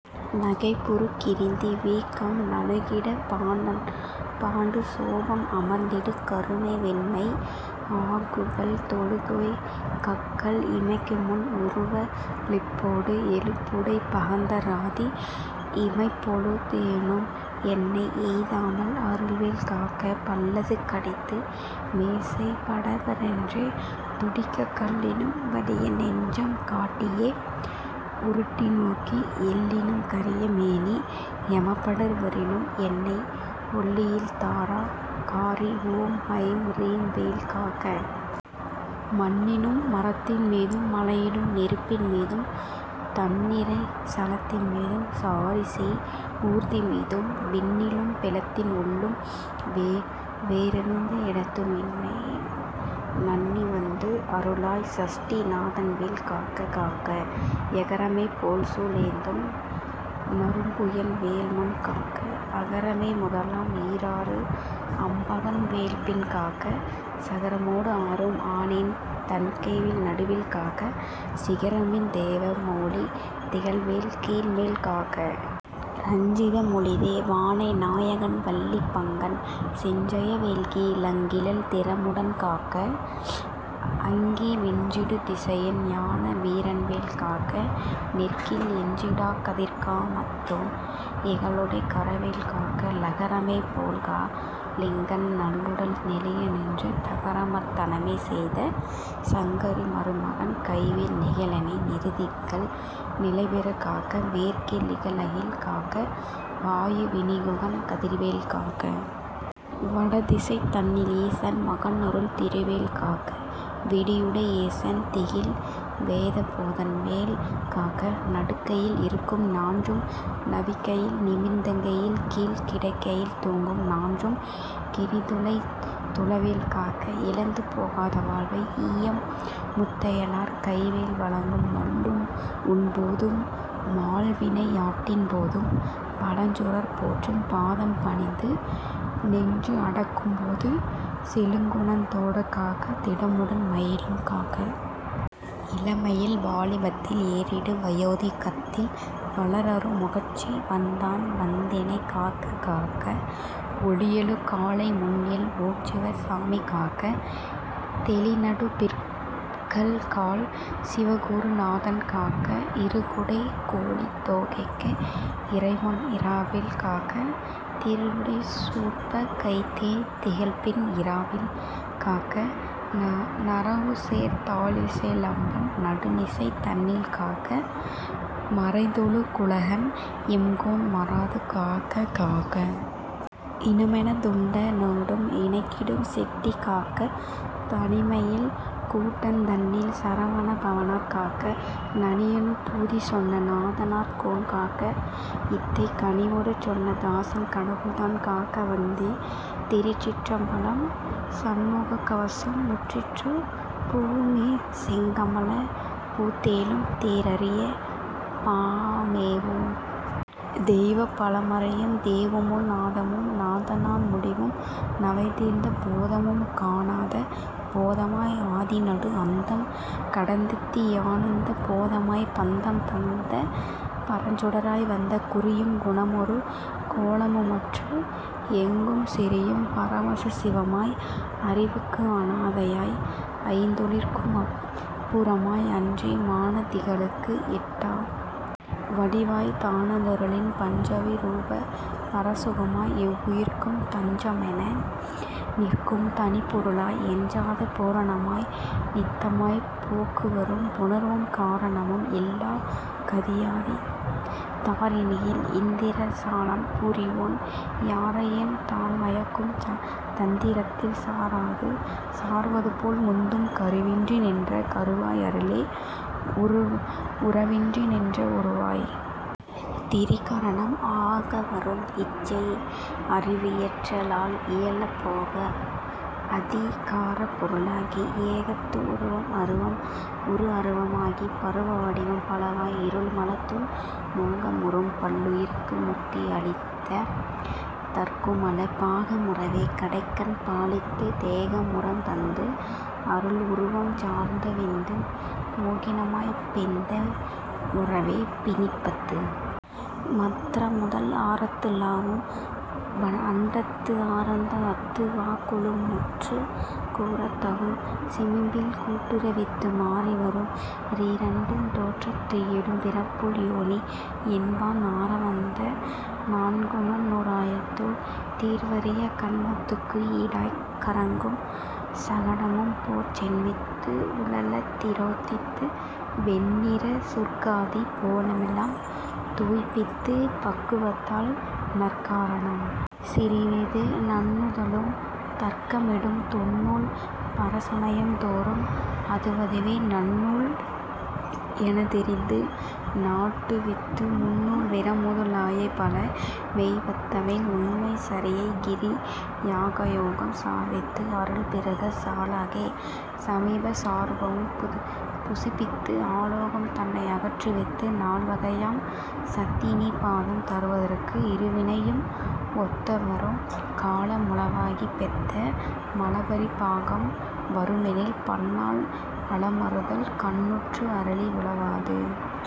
நமைப்புறு கிரிந்தி வீக்கம் நணுகிடு பாண்டு சோபம் அமர்த்திடு கருமை வெண்மை ஆகுபல் தொழுநோய் கக்கல் இமைக்குமுன் உறுவ லிப்போடு எழுபுடைப் பகந்த ராதி இமைப்பொழு தேனும் என்னை எய்தாமல் அருள்வேல் காக்க. பல்லது கடித்து மீசை படப டென்றே துடிக்கக் கல்லினும் வலிய நெஞ்சம் காட்டியே உருட்டி நோக்கி எல்லினும் கரிய மேனி எமபடர் வரினும் என்னை ஒல்லையில் தார காரி ஓம்ஐம் ரீம்வேல் காக்க! மண்ணிலும் மரத்தின் மீதும் மலையிலும் நெருப்பின் மீதும் தண்நிறை சலத்தின் மீதும் சாரிசெய் ஊர்தி மீதும் விண்ணிலும் பிலத்தின் உள்ளும் வேறெந்த இடத்தும் என்னை நண்ணிவந்து அருளார் சஷ்டி நாதன்வேல் காக்க காக்க. யகரமே போல்சூ லேந்தும் நறும்புயன் வேல்முன் காக்க, அகரமே முதலாம் ஈராறு அம்பகன் வேல்பின் காக்க, சகரமோடு ஆறும் ஆனோன் தன்கைவேல் நடுவில் காக்க, சிகரமின் தேவ மோலி திகழ்ஐவேல் கீழ்மேல் காக்க. ரஞ்சித மொழிதே வானை நாயகன் வள்ளி பங்கன் செஞ்சய வேல்கி ழக்கில் திறமுடன் காக்க, அங்கி விஞ்சிடு திசையின் ஞான வீரன்வேல் காக்க; தெற்கில் எஞ்சிடாக் கதிர்கா மத்தோன் இகலுடைக் கரவேல் காக்க. லகரமே போல்கா ளிங்கன் நல்லுடல் நெளிய நின்று தகரமர்த் தனமே செய்த சங்கரி மருகன் கைவேல் நிகழெனை நிருதி திக்கல் நிலைபெறக் காக்க; மேற்கில் இகல்அயில் காக்க, வாயு வினில்குகன் கதிர்வேல் காக்க. வடதிசை தன்னில் ஈசன் மகன்அருள் திருவேல் காக்க; விடையுடை யீசன் திக்கில் வேதபோதகன்வேல் காக்க; நடக்கையில் இருக்கும் ஞான்றும் நவில்கையில் நிமிர்கையில் கீழ்க் கிடக்கையில் தூங்கும் ஞான்றும் கிரிதுளைத் துளவேல் காக்க. இழந்து போகாத வாழ்வை ஈயும் முத்தையனார் கைவேல் வழங்கும் நல்லூண் உண்போதும் மால்விளை யாட்டின் போதும் பழஞ்சுரர் போற்றும் பாதம் பணிந்து நெஞ்சு அடக்கும் போதும் செழுங்குணத் தோடே காக்க; திடமுடன் மயிலும் காக்க. இளமையில் வாலிபத்தில் ஏறிடு வயோதி கத்தில் வளர்அறு முகச்சி வன்தான் வந்தெனைக் காக்க காக்க. ஒளியெழு காலை முன்எல் ஓம்சிவ சாமி காக்க. தெளிநடு பிற்ப கல்கால் சிவகுரு நாதன் காக்க. இறகுடைக் கோழித் தோகைக்கு இறைமுன் இராவில் காக்க; திறலுடைச் சூர்ப்ப கைத்தே திகழ்பின் இராவில் காக்க; நறவுசேர் தாள்சி லம்பன் நடுநிசி தன்னில் காக்க; மறைதொழு குழகன் எம்கோன் மாறாது காக்க காக்க. இனமெனத் தொண்ட ரோடும் இணக்கிடும் செட்டி காக்க; தனிமையில் கூட்டந் தன்னில் சரவண பவனார் காக்க; நனியனு பூதி சொன்ன நாதர்கோன் காக்க; இத்தைக் கனிவொடு சொன்ன தாசன் கடவுள்தான் காக்க வந்தே. திருச்சிற்றம்பலம் சண்முக கவசம் முற்றிற்று பூமேவு செங்கமலப் புத்தேளும் தேறரிய பாமேவு தெய்வப் பழமறையும் தேமேவு நாதமும் நாதாந்த முடிவும் நவைதீர்ந்த போதமும் காணாத போதமாய் ஆதிநடு அந்தம் கடந்தநித்தி யானந்த போதமாய்ப் பந்தம் தணந்த பரஞ்சுடராய் வந்த குறியும் குணமுமொரு கோலமுமற்று எங்கும் செறியும் பரம சிவமாய் அறிவுக்கு அனாதியாய் ஐந்தொழிற்கும் அப்புறமாய் அன்றே மானதிகளுக்கு எட்டா வடிவாய்த் தனாதருளின் பஞ்சவித ரூப பரசுகமாய் எவ்வுயிர்க்கும் தஞ்சமென நிற்கும் தனிப்பொருளாய் எஞ்சாத பூரணமாய் நித்தமாய்ப் போக்குவரவும் புணர்வும் காரணமும் இல்லாக் கதியாதித் தாரணியில் இந்திரசாலம் புரிவோன் யாரையும் தான்மயக்கும் தந்திரத்தில் சாராது சார்வதுபோல் முந்தும் கருவின்றி நின்ற கருவாய் அருளே உருவின்றி நின்ற உருவாய்த் திரிகரணம் ஆகவரும் இச்சை அறிவு இயற்ற லால்இயல போகஅதி காரப் பொருளாகி ஏகத்து உருவம் அருவும் உருஅருவும் ஆகிப் பருவ வடிவம் பலவாய் இருள்மலத்துள் மோகமுறும் பல்லுயிர்க்கு முத்திஅளித் தற்குமல பாகமுறவே கடைக்கண் பாலித்துத் தேகமுறத் தந்த அருவுருவம் சார்ந்தவிந்து மோகினிமான் பெந்த முறவே பிணிப்பத்து மந்த்ரமுதல் ஆறத்து வாவும் அண்டத்து ஆர்ந்தஅத்து வாக்களும்முற் கூறத் தகும் சிமிழ்ப்பில் கூட்டுவித்து மாறிவரும் ஈரிரண்டு தோற்றத்து ஏழுபிறப்புள் யோனி என்பான் ஆரவந்த நான்குநூ றாயிரத்துள் தீர்வரிய கண்மத்துக்கு ஈடாய்க் கறங்கும் சகடமும்போற் சென்மித்து உழலத் திரோதித்து வெந்நிரய சொர்க்காதி போகமெலாம் துய்ப்பித்துப் பக்குவத்தால் நற்காரணம் சிறிது நண்ணுதலும் தர்க்கமிடும் தொன்னூல் பரசமயம் தோறும் அதுவதுவே நன்னூல் எனத்தெரிந்து நாட்டுவித்து முன்னூல் விரதமுத லாயபல மெய்த்தவத்தின் உண்மைச் சரியைகிரி யாயோகம் சார்வித்து அருள்பெருகு சாலோக சாமீப சாரூபமும் புசிப்பித்து ஆலோகம் தன்னை அகற்றுவித்து நால்வகையாம் சத்திநி பாதம் தருதற்கு இருவினையும் ஒத்துவரும் காலம் உளவாகிப் பெத்த மலபரி பாகம் வருமளவில் பன்னாள் அலமருதல் கண்ணுற்று அருளி உலவாது।